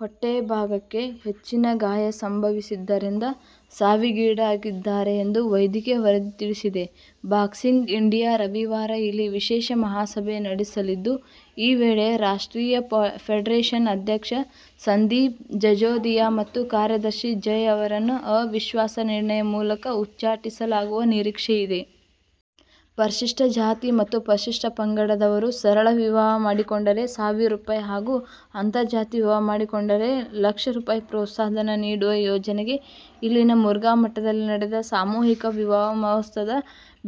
ಹೊಟ್ಟೆ ಭಾಗಕ್ಕೆ ಹೆಚ್ಚಿನ ಗಾಯ ಸಂಭವಿಸಿದ್ದರಿಂದ ಸಾವಿಗೀಡಾಗಿದ್ದಾರೆ ಎಂದು ವೈದ್ಯಕೀಯ ವರದಿ ತಿಳಿಸಿದೆ. ಬಾಕ್ಸಿಂಗ್ ಇಂಡಿಯಾ ರವಿವಾರ ಇಲ್ಲಿ ವಿಶೇಷ ಮಹಾಸಭೆ ನಡೆಸಲಿದ್ದು ಈ ವೇಳೆ ರಾಷ್ಟ್ರೀಯ ಫೆಡರೇಶನ್ ಅಧ್ಯಕ್ಷ ಸಂದೀಪ್ ಜಜೋದಿಯ ಮತ್ತು ಕಾರ್ಯದರ್ಶಿ ಜಯ್ ಅವರನ್ನು ಅವಿಶ್ವಾಸ ನಿರ್ಣಯ ಮೂಲಕ ಉಚ್ಚಾಟಿಸಲಾಗುವ ನಿರೀಕ್ಷೆಯಿದೆ. ಪರಿಶಿಷ್ಟ ಜಾತಿ ಮತ್ತು ಪರಿಶಿಷ್ಟ ಪಂಗಡದವರು ಸರಳ ವಿವಾಹ ಮಾಡಿಕೊಂಡರೆ ಸಾವಿರ ರೂ. ಹಾಗೂ ಅಂತರ್ಜಾತಿ ವಿವಾಹ ಮಾಡಿಕೊಂಡರೆ ಲಕ್ಷ ರೂ. ಪ್ರೋತ್ಸಾಹಧನ ನೀಡುವ ಯೋಜನೆಗೆ ಇಲ್ಲಿನ ಮುರುಘಾಮಠದಲ್ಲಿ ನಡೆದ ಸಾಮೂಹಿಕ ವಿವಾಹ ಮಹೋತ್ಸವದ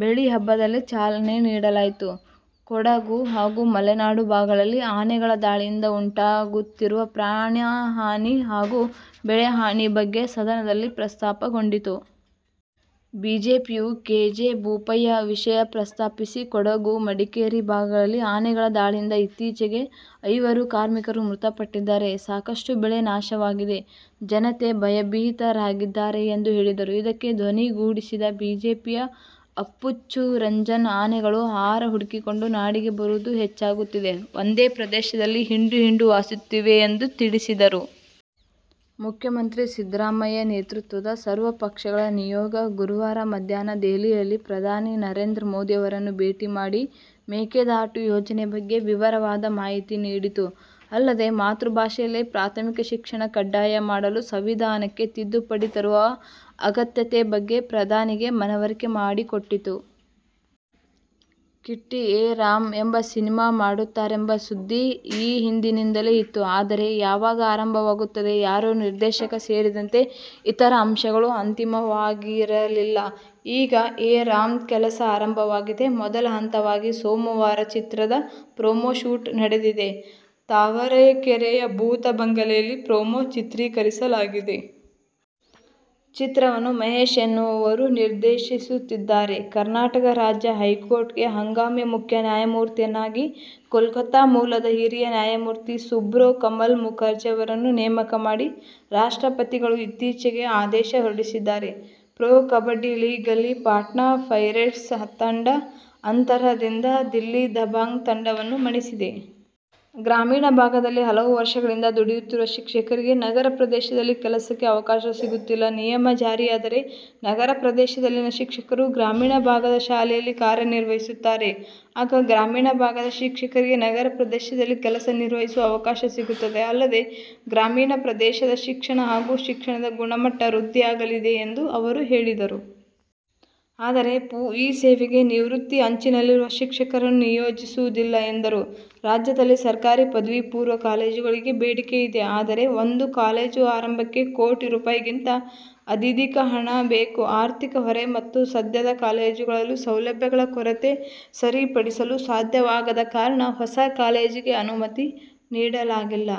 ಬೆಳ್ಳಿಹಬ್ಬದಲ್ಲಿ ಚಾಲನೆ ನೀಡಲಾಯಿತು. ಕೊಡಗು ಹಾಗೂ ಮಲೆನಾಡು ಭಾಗದಲ್ಲಿ ಆನೆಗಳ ದಾಳಿಯಿಂದ ಉಂಟಾಗುತ್ತಿರುವ ಪ್ರಾಣ ಹಾನಿ ಹಾಗೂ ಬೆಳೆ ಹಾನಿ ಬಗ್ಗೆ ಸದನದಲ್ಲಿ ಪ್ರಸ್ತಾಪಗೊಂಡಿತು. ಬಿಜೆಪಿಯ ಕೆ. ಜೆ. ಬೋಪಯ್ಯ ವಿಷಯ ಪ್ರಸ್ತಾಪಿಸಿ, ಕೊಡಗು-ಮಡಿಕೇರಿ ಭಾಗದಲ್ಲಿ ಆನೆಗಳ ದಾಳಿಯಿಂದ ಇತ್ತೀಚೆಗೆ ಐವರು ಕಾರ್ಮಿಕರು ಮೃತ ಪಟ್ಟಿದ್ದಾರೆ. ಸಾಕಷ್ಟು ಬೆಳೆ ನಾಶವಾಗಿದೆ. ಜನತೆ ಭಯಭೀತರಾಗಿದ್ದಾರೆ ಎಂದು ಹೇಳಿದರು. ಇದಕ್ಕೆ ಧ್ವನಿಗೂಡಿಸಿದ ಬಿಜೆಪಿಯ ಅಪ್ಪಚ್ಚುರಂಜನ್, ಆನೆಗಳು ಆಹಾರ ಹುಡುಕಿಕೊಂಡು ನಾಡಿಗೆ ಬರುವುದು ಹೆಚ್ಚಾಗುತ್ತಿದೆ. ಒಂದೇ ಪ್ರದೇಶದಲ್ಲಿ ಹಿಂಡು ಹಿಂಡು ವಾಸಿಸುತ್ತಿವೆ ಎಂದು ತಿಳಿಸಿದರು. ಮುಖ್ಯಮಂತ್ರಿ ಸಿದ್ಧರಾಮಯ್ಯ ನೇತೃತ್ವದ ಸರ್ವಪಕ್ಷಗಳ ನಿಯೋಗ ಗುರುವಾರ ಮಧ್ಯಾಹ್ನ ದೆಹಲಿಯಲ್ಲಿ ಪ್ರಧಾನಿ ನರೇಂದ್ರ ಮೋದಿ ಅವರನ್ನು ಭೇಟಿ ಮಾಡಿ ಮೇಕೆದಾಟು ಯೋಜನೆಯ ಬಗ್ಗೆ ವಿವರವಾದ ಮಾಹಿತಿ ನೀಡಿತು. ಅಲ್ಲದೆ, ಮಾತೃಭಾಷೆಯಲ್ಲೇ ಪ್ರಾಥಮಿಕ ಶಿಕ್ಷಣ ಕಡ್ಡಾಯ ಮಾಡಲು ಸಂವಿಧಾನಕ್ಕೆ ತಿದ್ದುಪಡಿ ತರುವ ಅಗತ್ಯತೆ ಬಗ್ಗೆ ಪ್ರಧಾನಿಗೆ ಮನವರಿಕೆ ಮಾಡಿಕೊಟ್ಟಿತು. ಕಿಟ್ಟಿ "ಏ ರಾಮ್' ಎಂಬ ಸಿನಿಮಾ ಮಾಡುತ್ತಾರೆಂಬ ಸುದ್ದಿ ಈ ಹಿಂದಿನಿಂದಲೇ ಇತ್ತು. ಆದರೆ, ಯಾವಾಗ ಆರಂಭವಾಗುತ್ತದೆ, ಯಾರು ನಿರ್ದೇಶಕ ಸೇರಿದಂತೆ ಇತರ ಅಂಶಗಳು ಅಂತಿಮವಾಗಿರಲಿಲ್ಲ. ಈಗ "ಏ ರಾಮ್' ಕೆಲಸ ಆರಂಭವಾಗಿದೆ. ಮೊದಲ ಹಂತವಾಗಿ ಸೋಮವಾರ ಚಿತ್ರದ ಪ್ರೊಮೋ ಶೂಟ್ ನಡೆದಿದೆ. ತಾವರೆಕೆರೆಯ ಭೂತ ಬಂಗಲೆಯಲ್ಲಿ ಪ್ರೊಮೋ ಚಿತ್ರೀಕರಿಸಲಾಗಿದೆ. ಚಿತ್ರವನ್ನು ಮಹೇಶ್ ಎನ್ನುವವರು ನಿರ್ದೇಶಿಸುತ್ತಿದ್ದಾರೆ. ಕರ್ನಾಟಕ ರಾಜ್ಯ ಹೈಕೋರ್ಟ್ಗೆ ಹಂಗಾಮಿ ಮುಖ್ಯ ನ್ಯಾಯಮೂರ್ತಿಯನ್ನಾಗಿ ಕೋಲ್ಕತ್ತಾ ಮೂಲದ ಹಿರಿಯ ನ್ಯಾಯಮೂರ್ತಿ ಸುಬ್ರೋ ಕಮಲ್ ಮುಖರ್ಜಿ ಅವರನ್ನು ನೇಮಕ ಮಾಡಿ ರಾಷ್ಟ್ರಪತಿಗಳು ಇತ್ತೀಚೆಗೆ ಆದೇಶ ಹೊರಡಿಸಿದ್ದಾರೆ. ಪ್ರೊ ಕಬಡ್ಡಿ ಲೀಗ್ನಲ್ಲಿ ಪಾಟ್ನಾ ಪೈರೇಟ್ಸ್ ತಂಡ ಅಂತರದಿಂದ ದಿಲ್ಲಿ ದಬಾಂಗ್ ತಂಡವನ್ನು ಮಣಿಸಿದೆ. ಗ್ರಾಮೀಣ ಭಾಗದಲ್ಲಿ ಹಲವು ವರ್ಷಗಳಿಂದ ದುಡಿಯುತ್ತಿರುವ ಶಿಕ್ಷಕರಿಗೆ ನಗರ ಪ್ರದೇಶದಲ್ಲಿ ಕೆಲಸಕ್ಕೆ ಅವಕಾಶ ಸಿಗುತ್ತಿಲ್ಲ. ನಿಯಮ ಜಾರಿಯಾದರೆ ನಗರ ಪ್ರದೇಶದಲ್ಲಿನ ಶಿಕ್ಷಕರು ಗ್ರಾಮೀಣ ಭಾಗದ ಶಾಲೆಯಲ್ಲಿ ಕಾರ್ಯ ನಿರ್ವಹಿಸುತ್ತಾರೆ. ಆಗ ಗ್ರಾಮೀಣ ಭಾಗದ ಶಿಕ್ಷಕರಿಗೆ ನಗರ ಪ್ರದೇಶದಲ್ಲಿ ಕೆಲಸ ನಿರ್ವಹಿಸುವ ಅವಕಾಶ ಸಿಗುತ್ತದೆ. ಅಲ್ಲದೆ, ಗ್ರಾಮೀಣ ಪ್ರದೇಶದ ಶಿಕ್ಷಣ ಹಾಗೂ ಶಿಕ್ಷಣದ ಗುಣಮಟ್ಟ ವೃದ್ಧಿಯಾಗಲಿದೆ ಎಂದು ಅವರು ಹೇಳಿದರು. ಆದರೆ, ಈ ಸೇವೆಗೆ ನಿವೃತ್ತಿ ಅಂಚಿನಲ್ಲಿರುವ ಶಿಕ್ಷಕರನ್ನು ನಿಯೋಜಿಸುವುದಿಲ್ಲ ಎಂದರು. ರಾಜ್ಯದಲ್ಲಿ ಸರ್ಕಾರಿ ಪದವಿ ಪೂರ್ವ ಕಾಲೇಜುಗಳಿಗೆ ಬೇಡಿಕೆ ಇದೆ. ಆದರೆ, ಒಂದು ಕಾಲೇಜು ಆರಂಭಕ್ಕೆ ಕೋಟಿ ರೂ. ಗಿಂತ ಅಧಿಧಿಕ ಹಣ ಬೇಕು. ಆರ್ಥಿಕ ಹೊರೆ ಮತ್ತು ಸದ್ಯದ ಕಾಲೇಜುಗಳಲ್ಲಿ ಸೌಲಭ್ಯಗಳ ಕೊರತೆ ಸರಿಪಡಿಸಲು ಸಾಧ್ಯವಾಗದ ಕಾರಣ ಹೊಸ ಕಾಲೇಜಿಗೆ ಅನುಮತಿ ನೀಡಲಾಗಿಲ್ಲ.